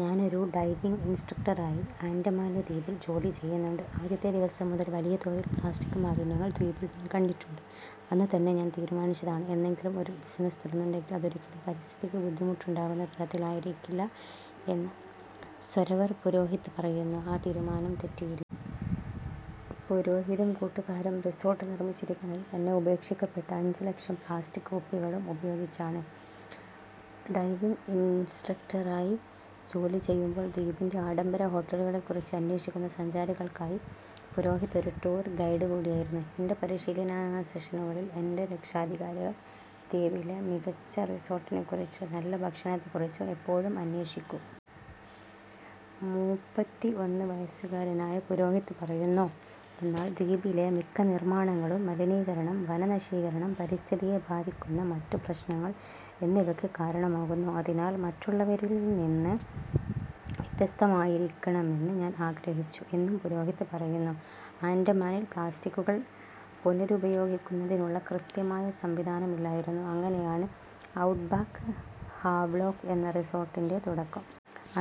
ഞാനൊരു ഡൈവിംഗ് ഇന്‍സ്ട്രക്ടറായി ആന്‍ഡമാന് ദ്വീപില്‍ ജോലി ചെയ്യുന്നുണ്ട്. ആദ്യത്തെ ദിവസം മുതല്‍ വലിയ തോതില്‍ പ്ലാസ്റ്റിക് മാലിന്യങ്ങള്‍ ദ്വീപില്‍ ഞാന്‍ കണ്ടിട്ടുണ്ട്. അന്നുതന്നെ ഞാന്‍ തീരുമാനിച്ചതാണ് എന്നെങ്കിലും ഒരു ബിസിനസ് തുടങ്ങുന്നുണ്ടെങ്കില്‍ അതൊരിക്കലും പരിസ്ഥിതിക്ക് ബുദ്ധിമുട്ടുണ്ടാക്കുന്ന തരത്തിലായിരിക്കില്ല എന്ന് -സൊരവർ പുരോഹിത് പറയുന്നു. ആ തീരുമാനം തെറ്റി. പുരോഹിതും കൂട്ടുകാരും റിസോർട്ട് നിർമ്മിച്ചിരിക്കുന്നത് തന്നെ ഉപേക്ഷിക്കപ്പെട്ട അഞ്ച് ലക്ഷം പ്ലാസ്റ്റിക് കുപ്പികളുപയോഗിച്ചാണ്. ഡൈവിംഗ് ഇൻസ്ട്രക്ടറായി ജോലിചെയ്യുമ്പോൾ, ദ്വീപിന്‍റെ ആഡംബര ഹോട്ടലുകളെക്കുറിച്ച് അന്വേഷിക്കുന്ന സഞ്ചാരികൾക്കായി പുരോഹിത് ഒരു ടൂർ ഗൈഡ് കൂടിയായിരുന്നു. " എന്‍റെ പരിശീലന സെഷനുകളിൽ, എന്‍റെ രക്ഷാധികാരികൾ ദ്വീപിലെ മികച്ച റിസോർട്ടിനെക്കുറിച്ചോ നല്ല ഭക്ഷണത്തെക്കുറിച്ചോ എപ്പോഴും അന്വേഷിക്കും. മൂപ്പത്തിഒന്നു വയസുകാരനായ പുരോഹിത് പറയുന്നു, " എന്നാൽ ദ്വീപിലെ മിക്ക നിർമ്മാണങ്ങളും മലിനീകരണം, വനനശീകരണം, പരിസ്ഥിതിയെ ബാധിക്കുന്ന മറ്റ് പ്രശ്നങ്ങൾ എന്നിവയ്ക്ക് കാരണമാകുന്നു. അതിനാൽ, മറ്റുള്ളവരിൽ നിന്ന് വ്യത്യസ്തമായിരിക്കണമെന്ന് ഞാൻ ആഗ്രഹിച്ചു. " എന്നും പുരോഹിത് പറയുന്നു. ആന്‍ഡമാനില്‍ പ്ലാസ്റ്റിക്കുകൾ പുനരുപയോഗിക്കുന്നതിനുള്ള കൃത്യമായ സംവിധാനമില്ലായിരുന്നു. അങ്ങനെയാണ് ഔട്ട്ബാക്ക് ഹാവ്ലോക്ക് എന്ന റിസോര്‍ട്ടിന്‍റെ തുടക്കം.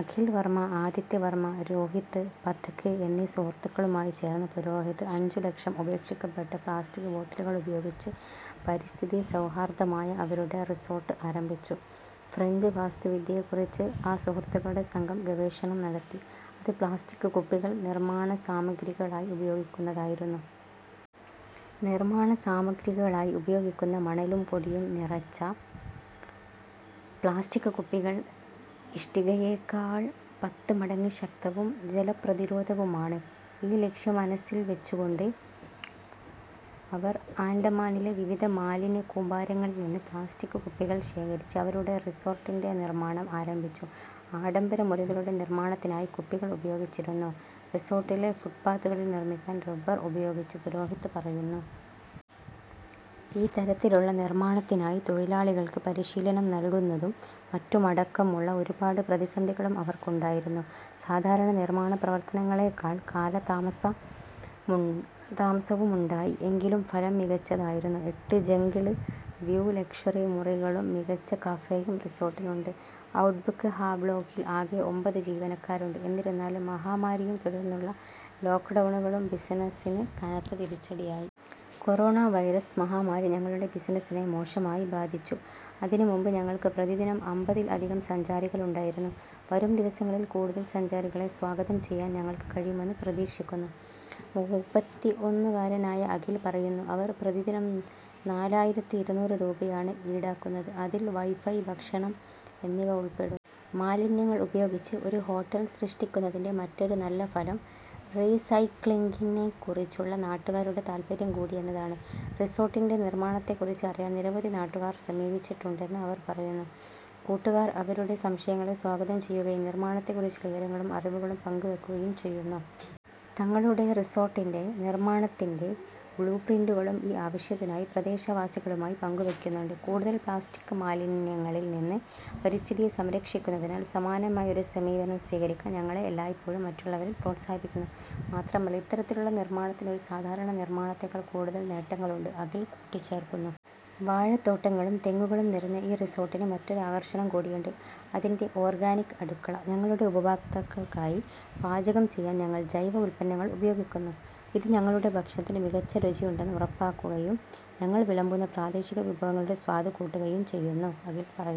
അഖിൽ വര്‍മ, ആദിത്യ വര്‍മ, രോഹിത് പഥക് എന്നീ സുഹൃത്തുക്കളുമായി ചേര്‍ന്ന് പുരോഹിത് അഞ്ച് ലക്ഷം ഉപേക്ഷിക്കപ്പെട്ട പ്ലാസ്റ്റിക് ബോട്ടിലുകളുപയോഗിച്ച് പരിസ്ഥിതി സൌഹാർദ്ദമായ അവരുടെ റിസോര്‍ട്ട് ആരംഭിച്ചു. ഫ്രഞ്ച് വാസ്തുവിദ്യയെക്കുറിച്ച് ആ സുഹൃത്തുക്കളുടെ സംഘം ഗവേഷണം നടത്തി, അത് പ്ലാസ്റ്റിക് കുപ്പികൾ നിർമ്മാണ സാമഗ്രികളായി ഉപയോഗിക്കുന്നതായിരുന്നു. നിർമ്മാണ സാമഗ്രികളായി ഉപയോഗിക്കുന്ന മണലും പൊടിയും നിറച്ച പ്ലാസ്റ്റിക് കുപ്പികൾ ഇഷ്ടികയേക്കാൾ പത്ത് മടങ്ങ് ശക്തവും ജലപ്രതിരോധവുമാണ്. ഈ ലക്ഷ്യം മനസ്സിൽ വെച്ചുകൊണ്ട് അവർ ആൻഡമാനിലെ വിവിധ മാലിന്യക്കൂമ്പാരങ്ങളിൽ നിന്ന് പ്ലാസ്റ്റിക് കുപ്പികൾ ശേഖരിച്ച് അവരുടെ റിസോർട്ടിന്റെ നിർമ്മാണം ആരംഭിച്ചു. ആഡംബര മുറികളുടെ നിർമ്മാണത്തിനായി കുപ്പികൾ ഉപയോഗിച്ചിരുന്നു, റിസോർട്ടിലെ ഫുട്പാത്തുകൾ നിർമ്മിക്കാൻ റബ്ബർ ഉപയോഗിച്ചു -പുരോഹിത് പറയുന്നു. ഈ തരത്തിലുള്ള നിര്‍മ്മാണത്തിനായി തൊഴിലാളികള്‍ക്ക് പരിശീലനം നല്കുന്നതും മറ്റുമടക്കമുള്ള ഒരുപാട് പ്രതിസന്ധികളും അവർക്കുണ്ടായിരുന്നു. സാധാരണ നിര്‍മാണ പ്രവര്‍ത്തനങ്ങളേക്കാള്‍ കാലതാമസവുമുണ്ടായി. എങ്കിലും ഫലം മികച്ചതായിരുന്നു. എട്ട് ജംഗിള് വ്യൂ ലക്ഷ്വറി മുറികളും മികച്ച കഫേയും റിസോര്‍ട്ടിനുണ്ട്. ഔട്ട്ബാക്ക് ഹാവ്ലോക്കിൽ ആകെ ഒമ്പത് ജീവനക്കാരുണ്ട്. എന്നിരുന്നാലും, മഹാമാരിയും തുടർന്നുള്ള ലോക്ക്ഡൌണുകളും ബിസിനസിന് കനത്ത തിരിച്ചടിയായി. '' കൊറോണ വൈറസ് മഹാമാരി ഞങ്ങളുടെ ബിസിനസിനെ മോശമായി ബാധിച്ചു. അതിന് മുമ്പ് ഞങ്ങൾക്ക് പ്രതിദിനം എമ്പത്തിൽ അധികം സഞ്ചാരികളുണ്ടായിരുന്നു. വരും ദിവസങ്ങളിൽ കൂടുതൽ സഞ്ചാരികളെ സ്വാഗതം ചെയ്യാൻ ഞങ്ങൾക്ക് കഴിയുമെന്ന് പ്രതീക്ഷിക്കുന്നു " മൂപ്പത്തിഒന്നു കാരനായ അഖിൽ പറയുന്നു. അവർ പ്രതിദിനം നാലായിരത്തിഇരുനൂറ് രൂപയാണ് ഈടാക്കുന്നത്, അതിൽ വൈഫൈ, ഭക്ഷണം എന്നിവ ഉൾപ്പെടുന്നു. മാലിന്യങ്ങൾ ഉപയോഗിച്ച് ഒരു ഹോട്ടൽ സൃഷ്ടിക്കുന്നതിന്‍റെ മറ്റൊരു നല്ല ഫലം റീസൈക്ലിംഗിനെക്കുറിച്ചുള്ള നാട്ടുകാരുടെ താൽപ്പര്യം കൂടി എന്നതാണ്. റിസോർട്ടിന്റെ നിർമ്മാണത്തെക്കുറിച്ച് അറിയാൻ നിരവധി നാട്ടുകാർ സമീപിച്ചിട്ടുണ്ടെന്ന് അവര്‍ പറയുന്നു. കൂട്ടുകാര്‍ അവരുടെ സംശയങ്ങളെ സ്വാഗതം ചെയ്യുകയും നിര്‍മാണത്തെ കുറിച്ചുള്ള വിവരങ്ങളും അറിവുകളും പങ്ക് വയ്ക്കുകയും ചെയ്യുന്നു. തങ്ങളുടെ റിസോർട്ടിന്റെ നിർമ്മാണത്തിന്റെ ബ്ലൂപ്രിന്റുകളും ഈ ആവശ്യത്തിനായി പ്രദേശവാസികളുമായി പങ്കുവയ്ക്കുന്നുണ്ട്. " കൂടുതൽ പ്ലാസ്റ്റിക് മാലിന്യങ്ങളിൽ നിന്ന് പരിസ്ഥിതിയെ സംരക്ഷിക്കുന്നതിനാൽ സമാനമായ ഒരു സമീപനം സ്വീകരിക്കാൻ ഞങ്ങൾ എല്ലായ്പ്പോഴും മറ്റുള്ളവരെ പ്രോത്സാഹിപ്പിക്കുന്നു. മാത്രമല്ല, ഇത്തരത്തിലുള്ള നിർമ്മാണത്തിന് ഒരു സാധാരണ നിർമ്മാണത്തേക്കാൾ കൂടുതൽ നേട്ടങ്ങളുണ്ട് " അഖിൽ കൂട്ടിച്ചേർക്കുന്നു. വാഴത്തോട്ടങ്ങളും തെങ്ങുകളും നിറഞ്ഞ ഈ റിസോർട്ടിന് മറ്റൊരു ആകര്‍ഷണം കൂടിയുണ്ട് അതിന്‍റെ ഓർഗാനിക് അടുക്കള. " ഞങ്ങളുടെ ഉപഭോക്താക്കൾക്കായി പാചകം ചെയ്യാൻ ഞങ്ങൾ ജൈവ ഉൽപ്പന്നങ്ങൾ ഉപയോഗിക്കുന്നു. ഇത് ഞങ്ങളുടെ ഭക്ഷണത്തിന് മികച്ച രുചിയുണ്ടെന്ന് ഉറപ്പാക്കുകയും ഞങ്ങൾ വിളമ്പുന്ന പ്രാദേശിക വിഭവങ്ങളുടെ സ്വാദ് കൂട്ടുകയും ചെയ്യുന്നു " അഖിൽ പറയുന്നു.